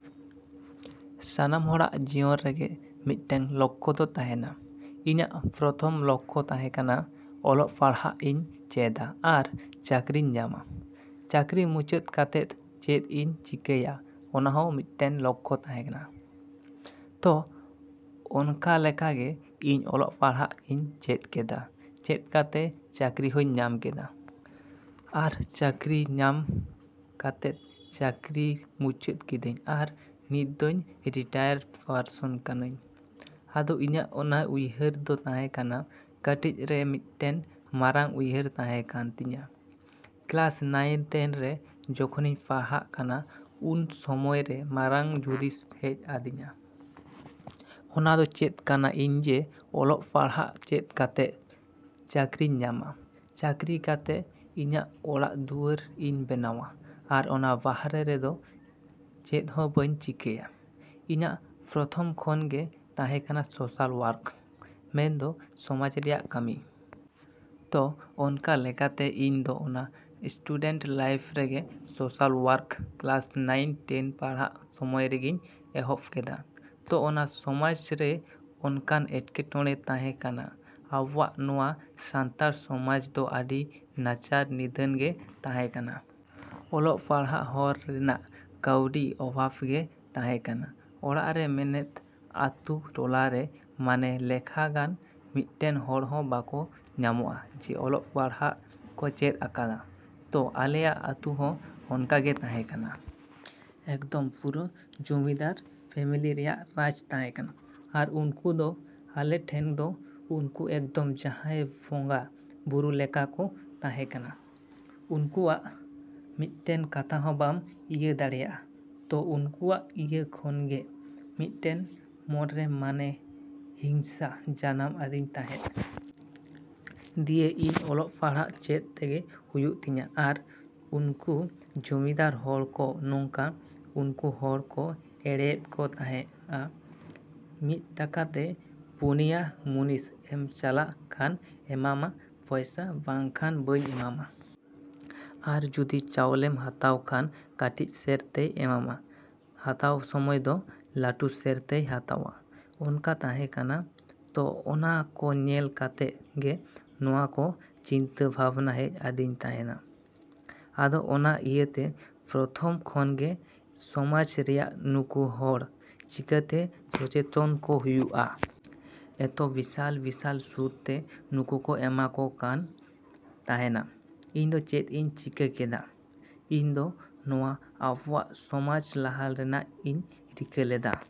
‎ᱥᱟᱱᱟᱢ ᱦᱚᱲᱟᱜ ᱡᱤᱭᱚᱱ ᱨᱮᱜᱮ ᱢᱤᱫᱴᱮᱱ ᱞᱚᱠᱠᱷᱚ ᱫᱚ ᱛᱟᱸᱦᱮᱱᱟ᱾ ᱤᱧᱟᱹᱜ ᱯᱨᱚᱛᱷᱚᱢ ᱞᱚᱠᱠᱷᱚ ᱛᱟᱸᱦᱮ ᱠᱟᱱᱟ ᱚᱞᱚᱜ ᱯᱟᱲᱦᱟᱜ ᱤᱧ ᱪᱮᱫᱟ, ᱟᱨ ᱪᱟᱹᱠᱨᱤᱧ ᱧᱟᱢᱟ? ᱪᱟᱹᱠᱨᱤ ᱢᱩᱪᱟᱹᱫ ᱠᱟᱛᱮᱫ ᱪᱮᱫ ᱤᱧ ᱪᱤᱠᱟᱹᱭᱟ ᱚᱱᱟ ᱦᱚᱸ ᱢᱤᱫᱴᱮᱱ ᱞᱚᱠᱠᱷᱚ ᱛᱟᱸᱦᱮᱱᱟ᱾ ᱛᱚ ᱚᱱᱠᱟ ᱞᱮᱠᱟᱜᱮ ᱤᱧ ᱚᱞᱚᱜ ᱯᱟᱲᱦᱟᱜ ᱤᱧ ᱪᱮᱫ ᱠᱮᱫᱟ, ᱪᱮᱫ ᱠᱟᱛᱮ ᱪᱟᱹᱠᱨᱤ ᱦᱚᱧ ᱧᱟᱢ ᱠᱮᱫᱟ᱾ ᱟᱨ ᱪᱟᱹᱠᱨᱤ ᱧᱟᱢ ᱠᱟᱛᱮᱫ ᱪᱟᱹᱠᱨᱤ ᱢᱩᱪᱟᱹᱫ ᱠᱤᱫᱟᱹᱧ ᱟᱨ ᱱᱤᱛ ᱫᱚᱧ ᱨᱤᱴᱟᱭᱟᱨ ᱯᱟᱨᱥᱚᱱ ᱠᱟᱹᱱᱟᱹᱧ᱾ ᱟᱫᱚ ᱤᱧᱟᱹᱜ ᱚᱱᱟ ᱩᱭᱦᱟᱹᱨ ᱫᱚ ᱛᱟᱸᱦᱮ ᱠᱟᱱᱟ ᱠᱟᱹᱴᱤᱡ ᱨᱮ ᱢᱤᱫᱴᱮᱱ ᱢᱟᱨᱟᱝ ᱩᱭᱦᱟᱹᱨ ᱛᱟᱸᱦᱮ ᱠᱟᱱ ᱛᱤᱧᱟᱹ᱾ ᱠᱞᱟᱥ ᱱᱟᱭᱤᱱ ᱴᱮᱱ ᱨᱮ ᱡᱚᱠᱷᱚᱱᱤᱧ ᱯᱟᱲᱦᱟᱜ ᱠᱟᱱᱟ ᱩᱱ ᱥᱚᱢᱚᱭᱨᱮ ᱢᱟᱨᱟᱝ ᱦᱩᱫᱤᱥ ᱦᱮᱡ ᱟᱹᱫᱤᱧᱟ᱾ ᱚᱱᱟ ᱫᱚ ᱪᱮᱫ ᱠᱟᱱᱟ ᱤᱧ ᱡᱮ ᱚᱞᱚᱜ ᱯᱟᱲᱦᱟᱜ ᱪᱮᱫ ᱠᱟᱛᱮᱜ ᱪᱟᱹᱠᱨᱤᱧ ᱧᱟᱢᱟ, ᱪᱟᱹᱠᱨᱤ ᱠᱟᱛᱮᱜ ᱤᱧᱟᱹᱜ ᱚᱲᱟᱜ ᱫᱩᱣᱟᱹᱨ ᱤᱧ ᱵᱮᱱᱟᱣᱟ᱾ ᱟᱨ ᱚᱱᱟ ᱵᱟᱦᱨᱮ ᱨᱮᱫᱚ ᱪᱮᱫ ᱦᱚᱸ ᱵᱟᱹᱧ ᱪᱤᱠᱟᱭᱟ᱾ ᱤᱧᱟᱹᱜ ᱯᱨᱚᱛᱷᱚᱢ ᱠᱷᱚᱱ ᱜᱮ ᱛᱟᱸᱦᱮ ᱠᱟᱱᱟ ᱥᱚᱥᱟᱞ ᱣᱚᱨᱠ ᱢᱮᱱᱫᱚ ᱥᱚᱢᱟᱡ ᱨᱮᱱᱟᱜ ᱠᱟᱹᱢᱤ᱾ ᱛᱚ ᱚᱱᱠᱟ ᱞᱮᱠᱟᱛᱮ ᱤᱧ ᱫᱚ ᱚᱱᱟ ᱥᱴᱩᱰᱮᱱᱴ ᱞᱟᱭᱤᱯᱷ ᱨᱮᱜᱮ social work class nine ten ᱯᱟᱲᱦᱟᱜ ᱥᱚᱢᱚᱭ ᱨᱮᱜᱤᱧ ᱮᱦᱚᱵ ᱠᱮᱫᱟ᱾ ᱛᱚ ᱚᱱᱟ ᱥᱚᱢᱟᱡᱽ ᱨᱮ ᱚᱱᱠᱟᱱ ᱮᱴᱠᱮ ᱴᱚᱬᱮ ᱛᱟᱸᱦᱮ ᱠᱟᱱᱟ᱾ ᱟᱵᱚᱣᱟᱜ ᱱᱚᱣᱟ ᱥᱟᱱᱛᱟᱲ ᱥᱚᱢᱟᱡᱽ ᱫᱚ ᱟᱹᱰᱤ ᱱᱟᱪᱟᱨ ᱱᱤᱫᱷᱟᱹᱱ ᱜᱮ ᱛᱟᱸᱦᱮ ᱠᱟᱱᱟ᱾ ᱚᱞᱚᱜ ᱯᱟᱲᱦᱟᱜ ᱦᱚᱨ ᱨᱮᱱᱟᱜ ᱠᱟᱹᱣᱰᱤ ᱚᱵᱷᱟᱵᱽ ᱜᱮ ᱛᱟᱸᱦᱮ ᱠᱟᱱᱟ᱾ ᱚᱲᱟᱜ ᱨᱮ ᱢᱮᱱᱮᱫ ᱟᱹᱛᱩ ᱴᱚᱞᱟᱨᱮ ᱢᱟᱱᱮ ᱞᱮᱠᱷᱟ ᱜᱟᱱ ᱢᱤᱫᱴᱮᱱ ᱦᱚᱲ ᱦᱚᱸ ᱵᱟᱠᱚ ᱧᱟᱢᱚᱜᱼᱟ ᱡᱮ ᱚᱞᱚᱜ ᱯᱟᱲᱦᱟᱜ ᱠᱚ ᱪᱮᱫ ᱟᱠᱟᱫᱟ᱾ ᱛᱚ ᱟᱞᱮᱭᱟᱜ ᱟᱹᱛᱩ ᱦᱚᱸ ᱚᱱᱠᱟ ᱜᱮ ᱛᱟᱸᱦᱮ ᱠᱟᱱᱟ᱾ ᱮᱠᱫᱚᱢ ᱯᱩᱨᱟᱹ ᱡᱚᱢᱤᱫᱟᱨ ᱯᱷᱮᱢᱮᱞᱤ ᱨᱮᱭᱟᱜ ᱨᱟᱡᱽ ᱛᱟᱸᱦᱮ ᱠᱟᱱᱟ ᱟᱨ ᱩᱱᱠᱩ ᱫᱚ ᱟᱞᱮ ᱴᱷᱮᱱ ᱫᱚ ᱩᱱᱠᱩ ᱮᱠᱫᱚᱢ ᱡᱟᱸᱦᱟᱭ ᱵᱚᱸᱜᱟ ᱵᱩᱨᱩ ᱞᱮᱠᱟ ᱠᱚ ᱛᱟᱸᱦᱮ ᱠᱟᱱᱟ᱾ ᱩᱱᱠᱩ ᱟᱜ ᱢᱤᱫᱴᱮᱱ ᱠᱟᱛᱷᱟ ᱦᱚᱸ ᱵᱟᱢ ᱤᱭᱟᱹ ᱫᱟᱲᱮᱭᱟᱜᱼᱟ᱾ ᱛᱚ ᱩᱱᱠᱩᱣᱟᱜ ᱤᱭᱟᱹ ᱠᱷᱚᱱᱜᱮ ᱢᱤᱫᱴᱮᱱ ᱢᱚᱱᱨᱮ ᱢᱟᱱᱮ ᱦᱤᱝᱥᱟ ᱡᱟᱱᱟᱢ ᱟᱫᱤᱧ ᱛᱟᱸᱦᱮᱜ᱾ ᱫᱤᱭᱮ ᱤᱧ ᱚᱞᱚᱜ ᱯᱟᱲᱦᱟᱜ ᱪᱮᱫ ᱛᱮᱜᱮ ᱦᱩᱭᱩᱜ ᱛᱤᱧᱟ ᱟᱨ ᱩᱱᱠᱩ ᱡᱚᱢᱤᱫᱟᱨ ᱦᱚᱲ ᱠᱚ ᱱᱚᱝᱠᱟ ᱩᱱᱠᱩ ᱦᱚᱲ ᱠᱚ ᱮᱲᱮᱭᱮᱫ ᱠᱚ ᱛᱟᱸᱦᱮᱜᱼᱟ᱾ ᱢᱤᱫ ᱴᱟᱠᱟ ᱛᱮ ᱯᱩᱱᱭᱟ ᱢᱩᱱᱤᱥ ᱮᱢ ᱪᱟᱞᱟᱜ ᱠᱷᱟᱱ ᱮᱢᱟᱢᱟ ᱯᱚᱭᱥᱟ ᱵᱟᱠᱷᱟᱱ ᱵᱟᱹᱧ ᱮᱢᱟᱢᱟ᱾ ᱟᱨ ᱡᱚᱫᱤ ᱪᱟᱣᱞᱮᱢ ᱦᱟᱛᱟᱣ ᱠᱷᱟᱱ ᱠᱟᱹᱴᱤᱡ ᱥᱮᱨ ᱛᱮᱭ ᱮᱢᱟᱢᱟ ᱦᱟᱛᱟᱣ ᱥᱚᱢᱚᱭ ᱫᱚ ᱞᱟᱹᱴᱩ ᱥᱮᱨ ᱛᱮᱭ ᱦᱟᱛᱟᱣᱟ ᱚᱱᱠᱟ ᱛᱟᱸᱦᱮ ᱠᱟᱱᱟ᱾ ᱛᱚ ᱚᱱᱟ ᱠᱚ ᱧᱮᱞ ᱠᱟᱛᱮᱜ ᱜᱮ ᱱᱚᱣᱟ ᱠᱚ ᱪᱤᱱᱛᱟᱹ ᱵᱷᱟᱵᱽᱱᱟ ᱦᱮᱡ ᱟᱹᱫᱤᱧ ᱛᱟᱸᱦᱮᱱᱟ᱾ ᱟᱫᱚ ᱚᱱᱟ ᱤᱭᱟᱹᱛᱮ ᱯᱨᱚᱛᱷᱚᱢ ᱠᱷᱚᱱ ᱜᱮ ᱥᱚᱢᱟᱡᱽ ᱨᱮᱭᱟᱜ ᱱᱩᱠᱩ ᱦᱚᱲ ᱪᱤᱠᱟᱹᱛᱮ ᱥᱚᱪᱮᱛᱚᱱ ᱠᱚ ᱦᱩᱭᱩᱜᱼᱟ᱾ ᱮᱛᱚ ᱵᱤᱥᱟᱞ ᱵᱤᱥᱟᱞ ᱥᱩᱫ ᱛᱮ ᱱᱩᱠᱩ ᱠᱚ ᱮᱢᱟ ᱠᱚ ᱠᱟᱱ ᱛᱟᱸᱦᱮᱱᱟ᱾ ᱤᱧ ᱫᱚ ᱪᱮᱫ ᱤᱧ ᱪᱤᱠᱟ. ᱠᱮᱫᱟ? ᱤᱧ ᱫᱚ ᱱᱚᱣᱟ ᱟᱵᱚᱣᱟᱜ ᱥᱚᱢᱟᱡᱽ ᱞᱟᱦᱟ ᱨᱮᱱᱟᱜ ᱤᱧ ᱨᱤᱠᱟ. ᱞᱮᱫᱟ᱾